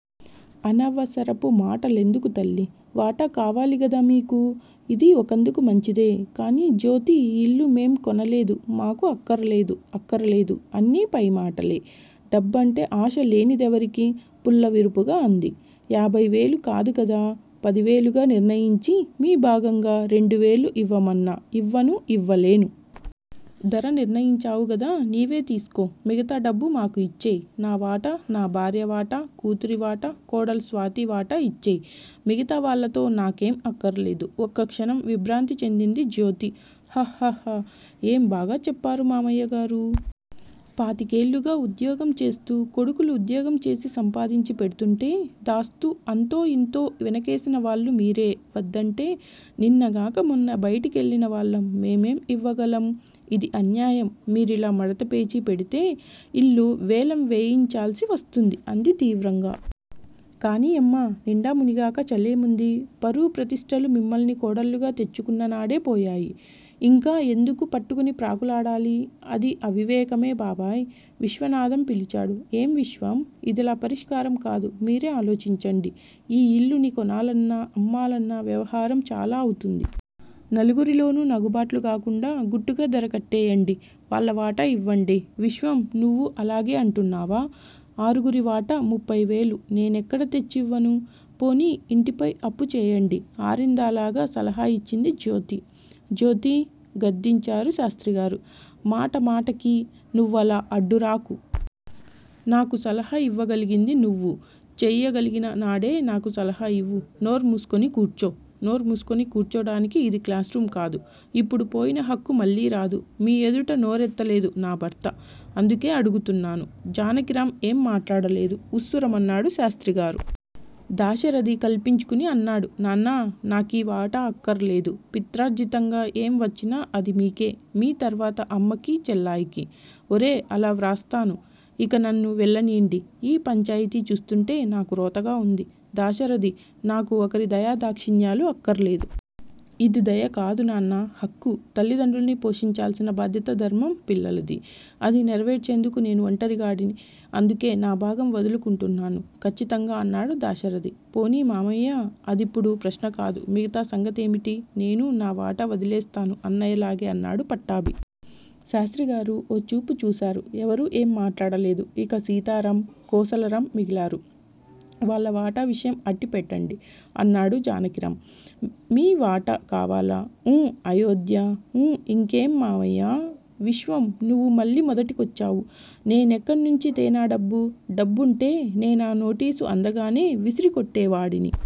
అనవసరపు మాటలెందుకు తల్లి! వాటా కావాలి గదా మీకు. ఇదీ ఒకందుకు మంచిదే! కానీ జ్యోతీ ఈ ఇల్లు మేం కొనలేదు మాకు అక్కరలేదు అక్కరలేదు! అన్నీ పై మాటలే. డబ్బంటే ఆశ లేనిదెవరికి? పుల్ల విరుపుగా అంది. యాభయివేలు కాదుగదా, పదివేలుగా నిర్ణయించి మీ భాగంగా రెండువేలు ఇవ్వమన్నా ఇవ్వను, ఇవ్వలేను. ధర నిర్ణయించావు కదా నీవే తీసుకో. మిగతా డబ్బు మాకు యిచ్చెయ్. నా వాటా నా భార్య వాటా, కూతురి వాటా, కోడలు స్వాతి వాటా యిచ్చెయ్. మిగతా వాళ్ళతో నాకేం అక్కర్లేదు. ఒక్కక్షణం విభ్రాంతి చెందింది జ్యోతి. అహహ! ఏం బాగా చెప్పారు మామయ్యగారూ! పాతికేళ్ళుగా ఉద్యోగం చేస్తూ, కొడుకులు ఉద్యోగం చేసి సంపాదించి పెడుతుంటే, దాస్తూ అంతో ఇంతో వెనకేసిన వాళ్ళు మీరే వద్దంటే నిన్నగాక, మొన్న బయటికెళ్ళిన వాళ్ళం మేమేం యివ్వగలం? ఇది అన్యాయం_ మీరిలా మడత పేచీ పెడితే ఇల్లు వేలం వేయించాల్సి వస్తుంది అంది తీవ్రంగా. కానీయమ్మా! నిండా మునిగాక చలేముంది. పరువు ప్రతిష్టలు మిమ్మల్ని కోడళ్లుగా తెచ్చుకున్ననాడే పోయాయి. ఇంకా ఎందుకు పట్టుకుని ప్రాకులాడాలి? అది అవివేకమే బాబాయ్! విశ్వనాధం పిలిచాడు. ఏం విశ్వం? ఇదిలా పరిష్కారం కాదు. మీరే ఆలోచించండి. ఈ ఇల్లుని కొనాలన్నా, అమ్మాలన్నా వ్యవహారం చాలా అవుతుంది. నలుగురిలోనూ నగుబాట్లు కాకుండా గుట్టుగా ధర కట్టేయ్యండి, వాళ్ళ వాటా యివ్వండి. విశ్వం నువ్వు అలాగే అంటున్నావా? ఆరుగురి వాటా ముప్పయివేలు నేనెక్కడ తెచ్చివ్వను? పోనీ ఇంటిపై అప్పు చేయండి ఆరిందాలాగా సలహా యిచ్చింది జ్యోతి. జ్యోతీ! గద్దించారు శాస్త్రిగారు. మాట మాటకీ నువ్వలా అడ్డురాకు. నాకు సలహా ఇవ్వగలిగింది నువ్వు చెయ్యగలిగిన నాడే నాకు సలహా యివ్వు. నోర్మూసుకుని కూర్చో. నోర్మూసుకుని కూర్చోటానికి ఇది క్లాస్ రూంకాదు. ఇప్పుడు పోయిన హక్కు మళ్ళీ రాదు. మీ ఎదుట నోరెత్తలేదు నా భర్త. అందుకే అడుగుతున్నాను. జానకిరాం ఏం మాట్లాడలేదు. ఉస్సురన్నాడు శాస్త్రిగారు. దాశరధి కల్పించుకుని అన్నాడు. నాన్నా! నాకీ వాటా అక్కర్లేదు. పిత్రార్జితంగా ఏం వచ్చినా అది మీకే! మీ తర్వాత అమ్మకి చెల్లాయికి. ఒరే అలా వ్రాస్తాను. ఇక నన్ను వెళ్ళనీండి. ఈ పంచాయితీ చూస్తుంటే నాకు రోతగా వుంది. దాశరధి, నాకు ఒకరి దయా దాక్షిణ్యాలు అక్కర్లేదు. ఇది దయ కాదు నాన్నా! హక్కు. తల్లి దండ్రుల్ని పోషించాల్సిన బాధ్యత ధర్మం పిల్లలది. అది నెరవేర్చేందుకు నేను ఒంటరిగాడిని అందుకే నా భాగం వదులుకుంటున్నాను ఖచ్చితంగా అన్నాడు దాశరధి. పోనీ మామయ్యా! అదిప్పుడు ప్రశ్నకాదు మిగతా సంగతేమిటి? నేనూ, నా వాటా వదిలేస్తాను అన్నయ్యలాగే అన్నాడు పట్టాభి. శాస్త్రిగారు ఓ చూపు చూశారు. ఎవరూ ఏం మాట్లాడలేదు. ఇక సీతారాం, కోసలరాం మిగిలారు. వాళ్ళ వాటా విషయం అట్టిపెట్టండి! అన్నాడు జానకిరాం. మీ వాటా కావాలా? ఊఁ అయోధ్యా! ఊఁ ఇంకేం మామయ్యా? విశ్వం నువ్వు మళ్ళీ మొదటికొచ్చావు? నేనెక్కడి నుంచి తేనాడబ్బు? డబ్బుంటే నేనా నోటీసు అందగానే విసిరి కొట్టేవాడిని.